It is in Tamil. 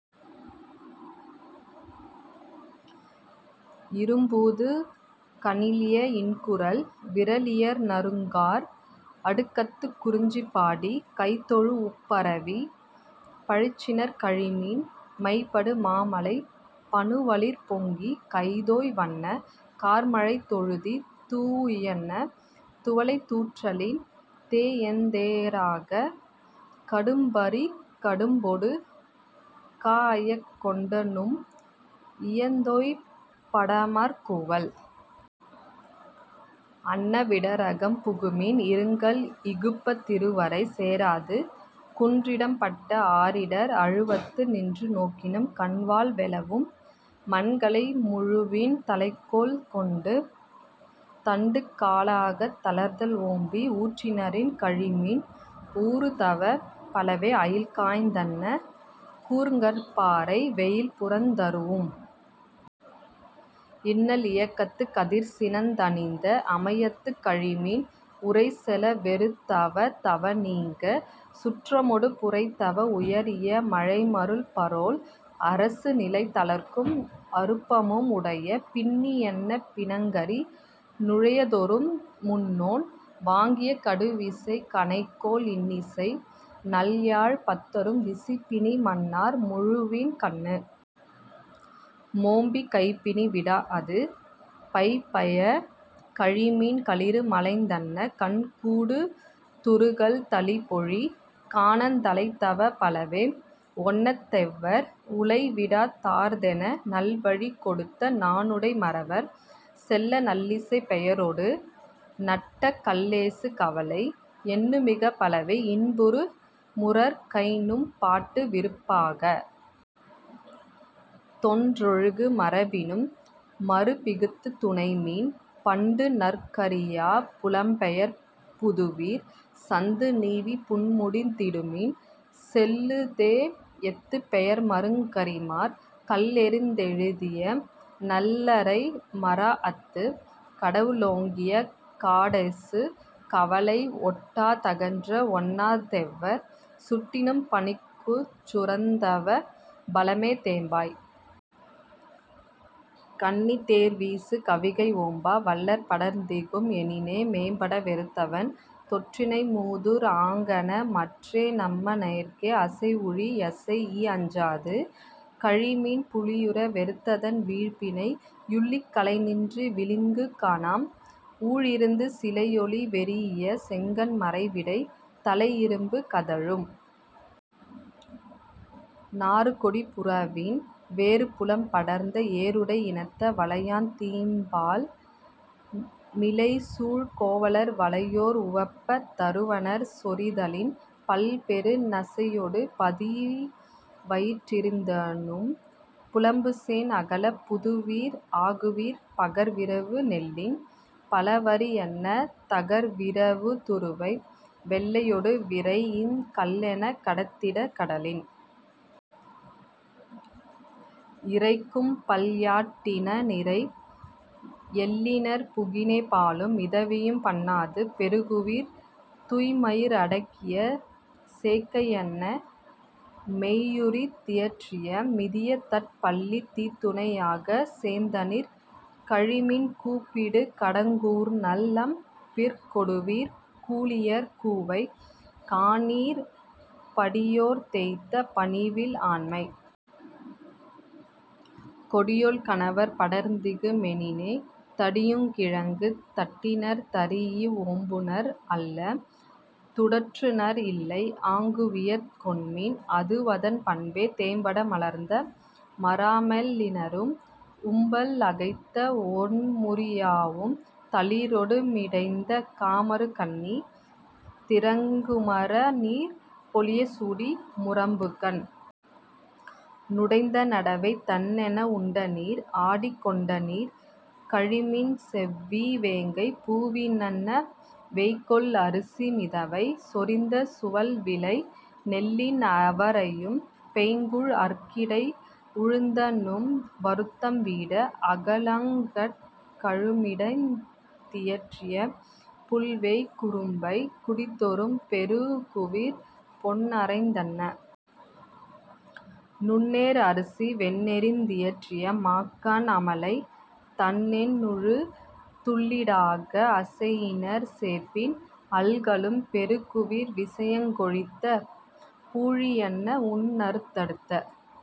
இறும்பூது கஞலிய இன்குரல் விறலியர் நறுங்கார் அடுக்கத்துக் குறிஞ்சி பாடிக் கைதொழூஉப் பரவிப் பழிச்சினிர் கழிமின் மைபடு மாமலை பனுவலிற் பொங்கிக் கைதோய் வன்ன கார்மழைத் தொழுதி தூஉ யன்ன துவலை தூற்றலின் தேஎந் தேறாக் கடும்பரிக் கடும்பொடு காஅய்க் கொண்டநும் இயந்தொய் படாமற் கூவல் அன்ன விடரகம் புகுமின் இருங்கல் இகுப்பத் திறுவரை சேராது குன்றிடம் பட்ட ஆரிடர் அழுவத்து நின்று நோக்கினும் கண்வாள் வெளவும் மண்கனை முழவின் தலைக்கோல் கொண்டு தண்டுகா லாகத் தளர்தல் ஓம்பி ஊன்றினிர் கழிமின் ஊறுதவப் பலவே அயில்காய்ந் தன்ன கூர்ங்கற் பாறை வெயில்புறந் தரூஉம் இன்னல் இயக்கத்துக் கதிர்சினந் தணிந்த அமயத்துக் கழிமின் உரைசெல வெறுத்தவவ னீங்காச் சுற்றமொடு புரைதவ உயரிய மழைமருள் பஃறோல் அரசுநிலை தளர்க்கும் அருப்பமும் உடைய பின்னி யன்ன பிணங்கரி னுழைதொறும் முன்னோன் வாங்கிய கடுவிசைக் கணைக்கோல் இன்னிசை நல்யாழ்ப் பத்தரும் விசிபிணி மண்ணார் முழவின் கண்ணு மோம்பிக் கைபிணி விடாஅது பைபயக் கழிமின் களிறுமலைந் தன்ன கண்கூடு துறுகல் தளிபொழி கானந் தலைதவப் பலவே ஒன்னாத் தெவ்வர் உலைவிடத் தார்த்தென நல்வழிக் கொடுத்த நாணுடை மறவர் செல்லா நல்லிசைப் பெயரொடு நட்ட கல்லேசு கவலை எண்ணுமிகப் பலவே இன்புறு முரற்கைநும் பாட்டுவிருப் பாகத் தொன்றொழுகு மரபினும் மருப்பிகுத்துத் துனைமின் பண்டுநற் கறியாப் புலம்பெயர் புதுவிர் சந்து நீவிப் புன்முடிந் திடுமின் செல்லுந் தேஎத்துப் பெயர்மருங் கறிமார் கல்லெறிந் தெழுதிய நல்லரை மராஅத்து கடவு ளோங்கிய காடேசு கவலை ஒட்டா தகன்ற ஒன்னாத் தெவ்வர் சுட்டினும் பனிக்குஞ் சுரந்தவப் பலவே தேம்பாய் கண்ணித் தேர்வீசு கவிகை ஓம்பா வள்ளற் படர்ந்திகும் எனினே மேம்பட வெறுத்தவன் தொஃறிணை மூதூர் ஆங்கன மற்றே நம்ம னோர்க்கே அசைவுழி யசைஇ அஞ்சாது கழிமின் புலியுற வெறுத்ததன் வீழ்பிணை யுள்ளிக் கலைநின்று விளிக்குங் கானம் ஊழிறந்து சிலையொலி வெரீஇய செங்கண் மரைவிடை தலையிரும்பு கதழும் நாறுகொடிப் புறவின் வேறுபுலம் படர்ந்த ஏறுடை இனத்த வளையான் தீம்பால் மிளைசூழ் கோவலர் வளையோர் உவப்பத் தருவனர் சொரிதலின் பலம்பெறு நசையொடு பதிவயிற் றீர்ந்தநும் புலம்புசேண் அகலப் புதுவிர் ஆகுவிர் பகர்விரவு நெல்லின் பலவரி யன்ன தகர்விரவு துருவை வெள்ளையொடு விரைஇக் கல்லென் கடத்திடைக் கடலின் இரைக்கும் பல்யாட் டினநிரை எல்லினிர் புகினே பாலும் மிதவையும் பண்ணாது பெறுகுவிர் துய்ம்மயிர் அடக்கிய சேக்கை யன்ன மெய்யுரித் தியற்றிய மிதியதட் பள்ளித் தீத்துணை யாகச் சேந்தனிர் கழிமின் கூப்பிடு கடக்குங் கூர்நல் லம்பிற் கொடுவிற் கூளியர் கூவை காணிற் படியோர்த் தேய்த்த பணிவில் ஆண்மைக் கொடியோள் கணவற் படர்ந்திகு மெனினே தடியுங் கிழங்குந் தண்டினர் தரீஇ ஓம்புநர் அல்ல துடற்றுநர் இல்லை ஆங்குவியங் கொண்மின் அதுவதன் பண்பே தேம்பட மலர்ந்த மராஅமெல் லிணரும் உம்பல் அகைத்த ஒண்முறி யாவும் தளிரொடு மிடைந்த காமரு கண்ணி திரங்குமர னாரிற் பொலியச் சூடி முரம்புகண் ணுடைந்த நடவை தண்ணென உண்டனிர் ஆடிக் கொண்டனிர் கழிமின் செவ்வீ வேங்கைப் பூவி னன்ன வேய்கொள் அரிசி மிதவை சொரிந்த சுவல்விளை நெல்லின் அவரையம் பைங்கூழ் அற்கிடை உழந்தநும் வருத்தம் வீட அகலு ளாங்கட் கழிமிடைந் தியற்றிய புல்வேய் குரம்பைக் குடிதொறும் பெறுகுவிர் பொன்னறைந் தன்ன நுண்ணேர் அரிசி வெண்ணெறிந் தியற்றிய மாக்கண் அமலை தண்ணெ ணுண்ணிழு துள்ளீ டாக அசையினிர் சேப்பின் அல்கலும் பெறுகுவிர் விசையங் கொழித்த பூழி யன்ன உண்ணுநர்த் தடுத்த